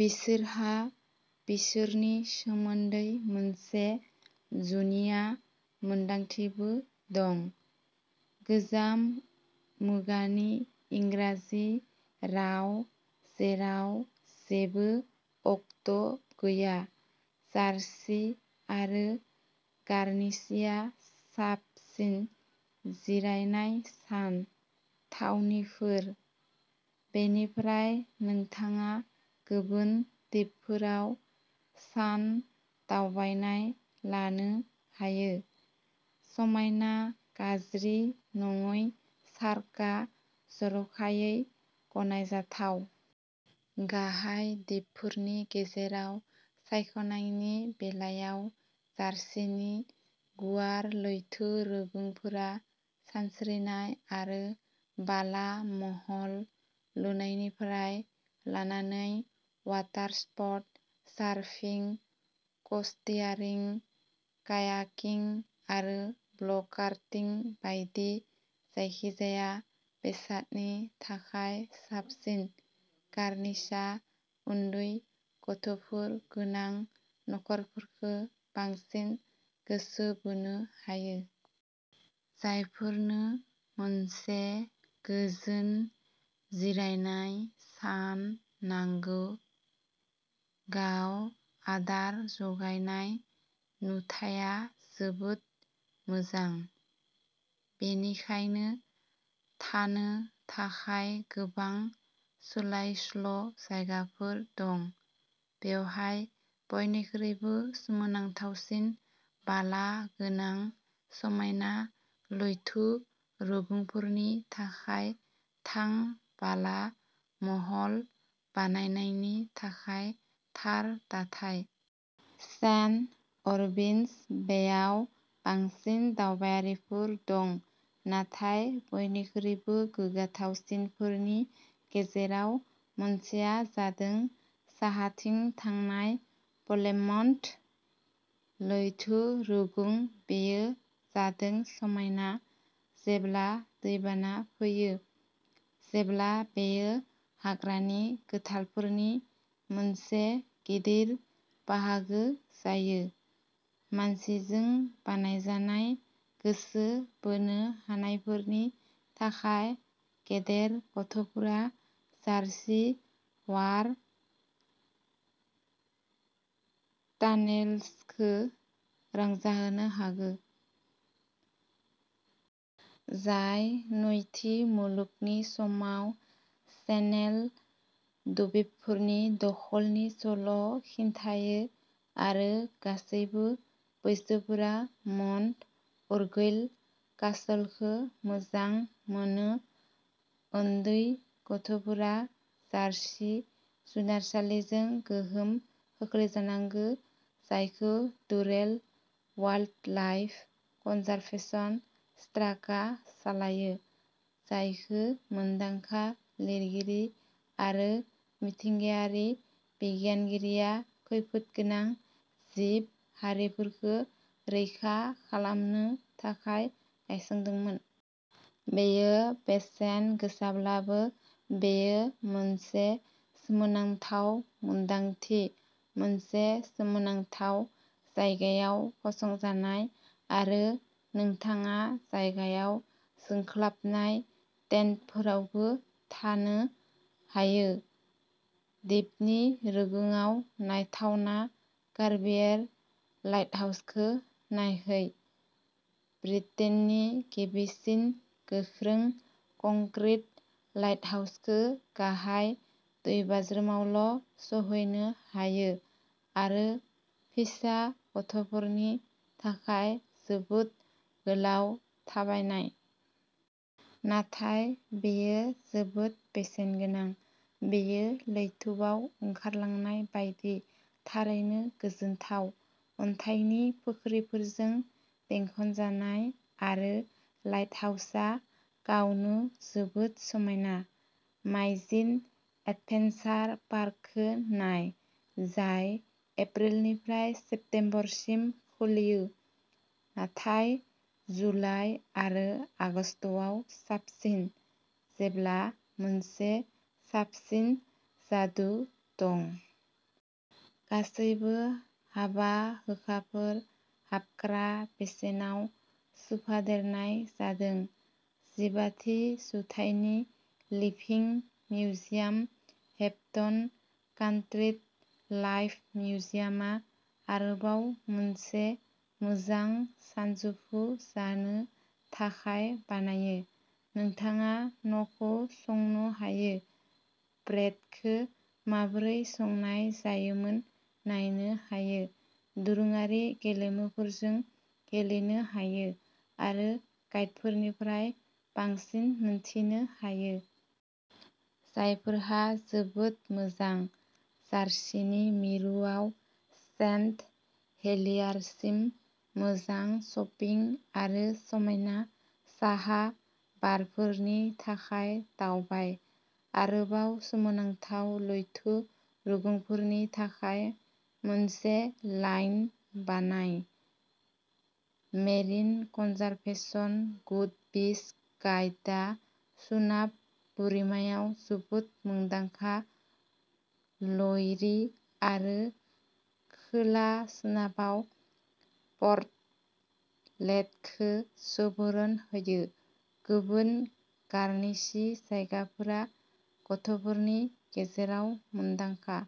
बिसोरहा बिसोरनि सोमोन्दै मोनसे जुनिया मोनदांथिबो दं। गोजाम मुगानि इंराजि राव जेराव जेबो अक्ट' गैया। जारसि आरो गार्नसीआ साबसिन जिरायनाय सान थावनिफोर। बेनिफ्राय नोंथाङा गुबुन दिपफोराव सान दावबायनाय लानो हायो। समायना, गाज्रि नङै सार्कआ जर'खायै गनायजाथाव। गाहाय दिपफोरनि गेजेराव सायख'नायनि बेलायाव जारसिनि गुवार लैथो रुगुंफोरा सानस्रिनाय आरो बाला महल लुनायनिफ्राय लानानै वाटारस्प'र्ट सारफिं, क'स्टियारिं, कायाकिं आरो ब्ल'कारटिं बायदि जायखिजाया बेसादनि थाखाय साबसिन। गार्नसीआ उन्दै गथ'फोर गोनां नखरफोरखौ बांसिन गोसो बोनो हायो। जायफोरनो मोनसे गोजोन जिरायनाय सान नांगौ। गाव आदार जगायनाय नुथाया जोबोद मोजां। बेनिखायनो थानो थाखाय गोबां सोलाय-सोल' जायगाफोर दं। बेवहाय बयनिख्रुइबो सोमोनांथावसिन बाला गोनां समायना लैथो रुगुंफोरनि थाखाय थां बाला महल बानायनायनि थाखाय थार दाथाय। सेन्ट अबिन'स बेआव बांसिन दावबायारिफोर दं। नाथाय बयनिख्रुइबो गोग्गाथावसिनफोरनि गेजेराव मोनसेआ जादों साहाथिं थानाय प्लेमन्ट। लैथो रुगुं बेयो जोबोद समायना जेब्ला दैबाना फैयो। जेब्ला बेयो हाग्रानि गुथालफोरनि मोनसे गिदिर बाहागो जायो। मानसिजों बानायजानाय गोसो बोनो हानायफोरनि थाखाय गेदेर गथ'फोरा जारसि वार टानेल्सखौ रंजानो हागौ। जाय नैथि मुलुगनि समाव चेनेल दविपफोरनि दखलनि सल' खिन्थायो आरो गासैबो बैसोफोरा मन्ट अरगुइल कासलखौ मोजां मोनो। उन्दै गथ'फोरा जारसि जुनारसालिजों गोहोम खोख्लैजानांगौ। जायखौ डुरेल वाइल्डलाइफ कनजारभेशन ट्रास्टआ सालायो। जायखौ मुंदांखा लिरगिरि आरो मिथिंगायारि बिगियानगिरिया खैफोदगोनां जिब हारिफोरखौ रैखा खालामनो थाखाय गायसनदोंमोन। बेयो बेसेन गोसाब्लाबो बेयो मोनसे सोमोनांथाव मोनदांथि मोनसे सोमोनांथाव जायगायाव फसंजानाय आरो नोंथाङा जायगायाव जोंख्लाबनाय टेन्टफोरावबो थानो हायो। दिपनि रुगुंआव नायथावना कर्बिएर लाइटहाउसखौ नायहै। ब्रिटेननि गिबिसिन गोख्रों कंक्रिट लाइटहाउसखौ गाहाय दैबाज्रुमावल' सौहैनो हायो आरो फिसा गथ'फोरनि थाखाय जोबोद गोलाव थाबायनाय। नाथाय बेयो जोबोद बेसेनगोनां बेयो लैथोआव ओंखारलांनाय बायदि, थारैनो गोजोनथाव अन्थाइनि फुख्रिफोरजों बेंखनजानाय आरो लाइटहाउसा गावनो जोबोद समायना। माइजिन एडभेन्सार पार्कखौ नाय। जाय एप्रिलनिफ्राय सेप्तेम्बरसिम खुलियो। नाथाय जुलाइ आरो आगस्तआव साबसिन जेब्ला मोनसे साबसिन जादु दं। गासैबो हाबा हुखाफोर हाबग्रा बेसेनाव सोफादेरनाय जादों। जिबाथि जौथाइनि living museum Hampton country life मिउजियमा आरोबाव मोनसे मोजां सानजौफु जानो थाखाय बानायो। नोंथाङा न'खौ संनो हायो। ब्रेडखौ माबोरै संनाय जायोमोन नायनो हायो। दोरोङारि गेलेमुफोरजों गेलेनो हायो आरो गाइडफोरनिफ्राय बांसिन मिथिनो हायो। जायफोरा जोबोद मोजां। जारसिनि मिरुआव सेन्ट हेलियारसिम मोजां शपिं आरो समायना साहा बारफोरनि थाखाय दावबाय। आरोबाव सोमोनांथाव लैथो रुगुंफोरनि थाखाय मोनसे लाइन बानाय। मेरिन कनजारभेशन गुड बीच गाइडआ सोनाब बोरिमायाव जोबोद मुंदांखा ल'एरि आरो खोला-सोनाबाव परटलेटखौ सुबुरुन होयो। गुबुन गार्नसी जायगाफोरा गथ'फोरनि गेजेराव मुंदांखा।